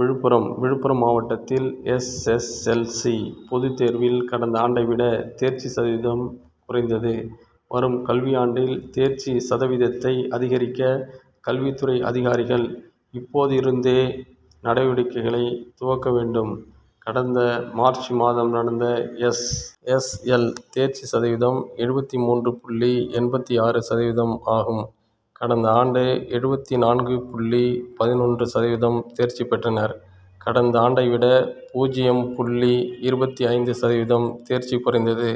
விழுப்புரம் விழுப்புரம் மாவட் டத்தில் S. S. L. C., பொதுத் தேர் வில் கடந்த ஆண்டை விட தேர்ச்சி சதவீதம் குறைந்தது. வரும் கல்வியாண்டில் தேர்ச்சி சதவீதத்தை அதிகரிக்க கல்வித் துறை அதிகாரிகள் இப்போதிருந்தே நடவடிக்கைகளை துவக்க வேண்டும். கடந்த மார்ச் மாதம் நடந்த எஸ். எஸ். எல். தேர்ச்சி சதவீதம் எழுபத்து மூன்று புள்ளி எண்பத்து ஆறு சதவீதம் ஆகும். கடந்த ஆண்டு எழுபத்து நான்கு.பதினொன்று சதவீதம் தேர்ச்சி பெற்றனர். கடந்த ஆண்டை விட பூஜ்ஜியம் புள்ளி இருபத்து ஐந்து சதவீதம் தேர்ச்சி குறைந்தது.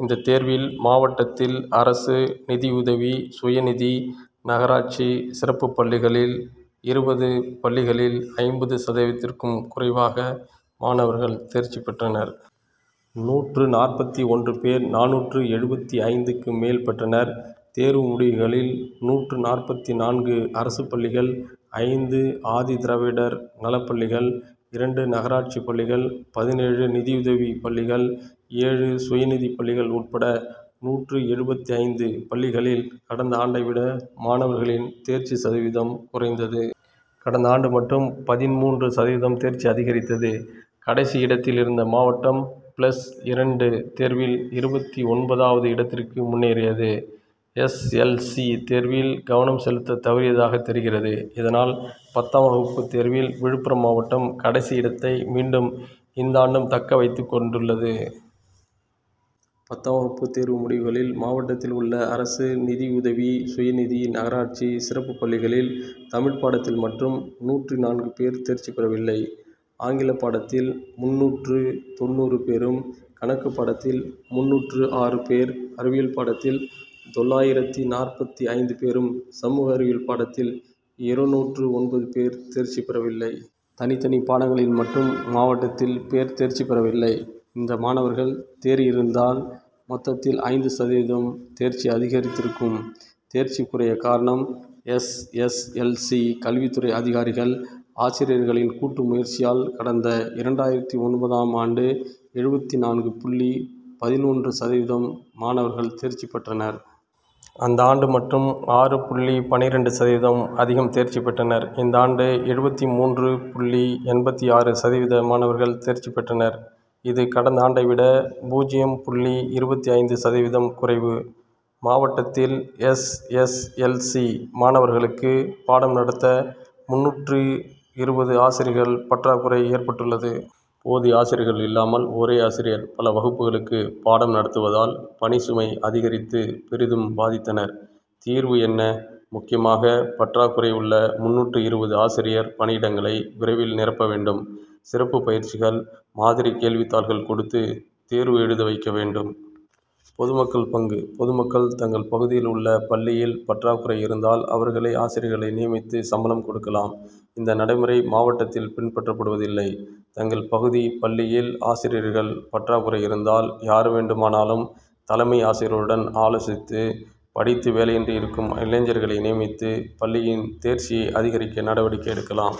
இந்த தேர்வில் மாவட்டத்தில் அரசு, நிதியுதவி, சுயநிதி, நகராட்சி, சிறப்பு பள்ளிகளில் இருபது பள்ளிகளில் ஐம்பது சதவீதத்திற்கும் குறைவாக மாணவர்கள் தேர்ச்சி பெற்றனர். நூற்று நாற்பத்து ஒன்று பேர் நானூற்று எழுபத்து ஐந்து க்கு மேல் பெற்றனர். தேர்வு முடிவுகளில் நூற்று நாற்பத்து நான்கு அரசு பள்ளிகள், ஐந்து ஆதி திராவிடர் நல பள்ளிகள், இரண்டு நகராட்சி பள்ளிகள், பதினேழு நிதியுதவி பள்ளிகள், ஏழு சுய நிதி பள்ளிகள் உட்பட நூற்று எழுபத்தைந்து பள்ளிகளில் கடந்த ஆண்டை விட மாணவர்களின் தேர்ச்சி சதவீதம் குறைந்தது. கடந்த ஆண்டு மட்டும் பதின்மூன்று சதவீதம் தேர்ச்சி அதிகரித்தது. கடைசி இடத்தில் இருந்த மாவட்டம் பிளஸ் இரண்டு தேர் வில் இருபத்து ஒன்பது வது இடத்திற்கு முன்னேறியது. எஸ். எல். சி., தேர் வில் கவனம் செலுத்த தவறியதாக தெரிகிறது. இதனால் பத்தாம் வகுப்பு தேர்வில் விழுப்புரம் மாவட்டம் கடைசி இடத்தை மீண்டும் இந்தாண்டும்தக்க வைத்துக் கொண்டுள்ளது. பத்தாம் வகுப்பு தேர்வு முடிவுகளில் மாவட்டத்தில் உள்ள அரசு, நிதியுதவி, சுயநிதி, நகராட்சி, சிறப்பு பள்ளிகளில் தமிழ் பாடத்தில் மட்டும் நூற்று நான்கு பேர் தேர்ச்சி பெறவில்லை. ஆங்கில பாடத்தில் முந்நூற்று தொண்ணூறு பேரும், கணக்கு பாடத் தில் முன்னூற்று ஆறு பேர், அறிவியல் பாடத்தில் தொள்ளாயிரத்து நாற்பத்து ஐந்து பேரும், சமூக அறிவியல் பாடத் தில் இருநூற்று ஒன்பது பேர் தேர்ச்சி பெறவில்லை. தனித்தனி பாடங்களில் மட்டும் மாவட்டத்தில் பேர் தேர்ச்சி பெறவில்லை. இந்த மாணவர்கள் தேறியிருந்தால் மொத்தத்தில் ஐந்து சதவீதம் தேர்ச்சி அதிகரித்திருக்கும். தேர்ச்சி குறைய காரணம் எஸ். எஸ். எல். சி. கல்வித் துறை அதிகாரிகள், ஆசிரியர்களின் கூட்டு முயற்சியால் கடந்த இரண்டாயிரத்து ஒன்பது ம் ஆண்டு எழுபத்து நான்கு புள்ளி பதினொன்று சதவீதம் மாணவர்கள் தேர்ச்சி பெற்றனர். அந்த ஆண்டு மட்டும் ஆறு.பன்னிரண்டு சதவீதம் அதிகம் தேர்ச்சி பெற்றனர். இந்த ஆண்டு எழுபத்து மூன்று. எண்பத்து ஆறு சதவீத மாணவர்கள் தேர்ச்சி பெற்றனர். இது கடந்த ஆண்டை விட பூஜ்ஜியம். இருபத்து ஐந்து சதவீதம் குறைவு. மாவட்டத்தில் எஸ். எஸ். எல். சி., மாணவர்களுக்கு பாடம் நடத்த முன்னூற்று இருபது ஆசிரியர்கள் பற்றாக் குறை ஏற்பட்டுள்ளது. போதிய ஆசிரியர்கள் இல்லாமல் ஒரே ஆசிரியர் பல வகுப்புகளுக்கு பாடம் நடத்துவ தால் பணிசுமை அதிகரித்து பெரிதும் பாதித்தனர். தீர்வு என்ன? முக்கியமாக பற்றாக் குறைஉள்ள முன்னூற்று இருபது ஆசிரியர் பணியிடங்களை விரைவில் நிரப்ப வேண்டும். சிறப்பு பயிற்சிகள், மாதிரி கேள்வித் தாள்கள் கொடுத்து தேர்வு எழுத வைக்க வேண்டும். பொதுமக்கள் பங்கு பொதுமக்கள் தங்கள் பகுதியில் உள்ள பள்ளியில் பற்றாக் குறை இருந்தால் அவர்களே ஆசிரியர்களை நியமித்து சம்பளம் கொடுக்கலாம். இந்த நடைமுறை மாவட்டத்தில் பின்பற்றப் படுவதில்லை. தங்கள் பகுதி பள்ளியில் ஆசிரியர்கள் பற்றாக்குறை இருந்தால் யார் வேண்டுமானாலும் தலைமை ஆசிரியருடன் ஆலோசித்து படித்து வேலையின்றி இருக்கும் இளைஞர்களை நியமித்து பள்ளியின் தேர்ச்சியை அதிகரிக்க நடவடிக்கை எடுக்கலாம்.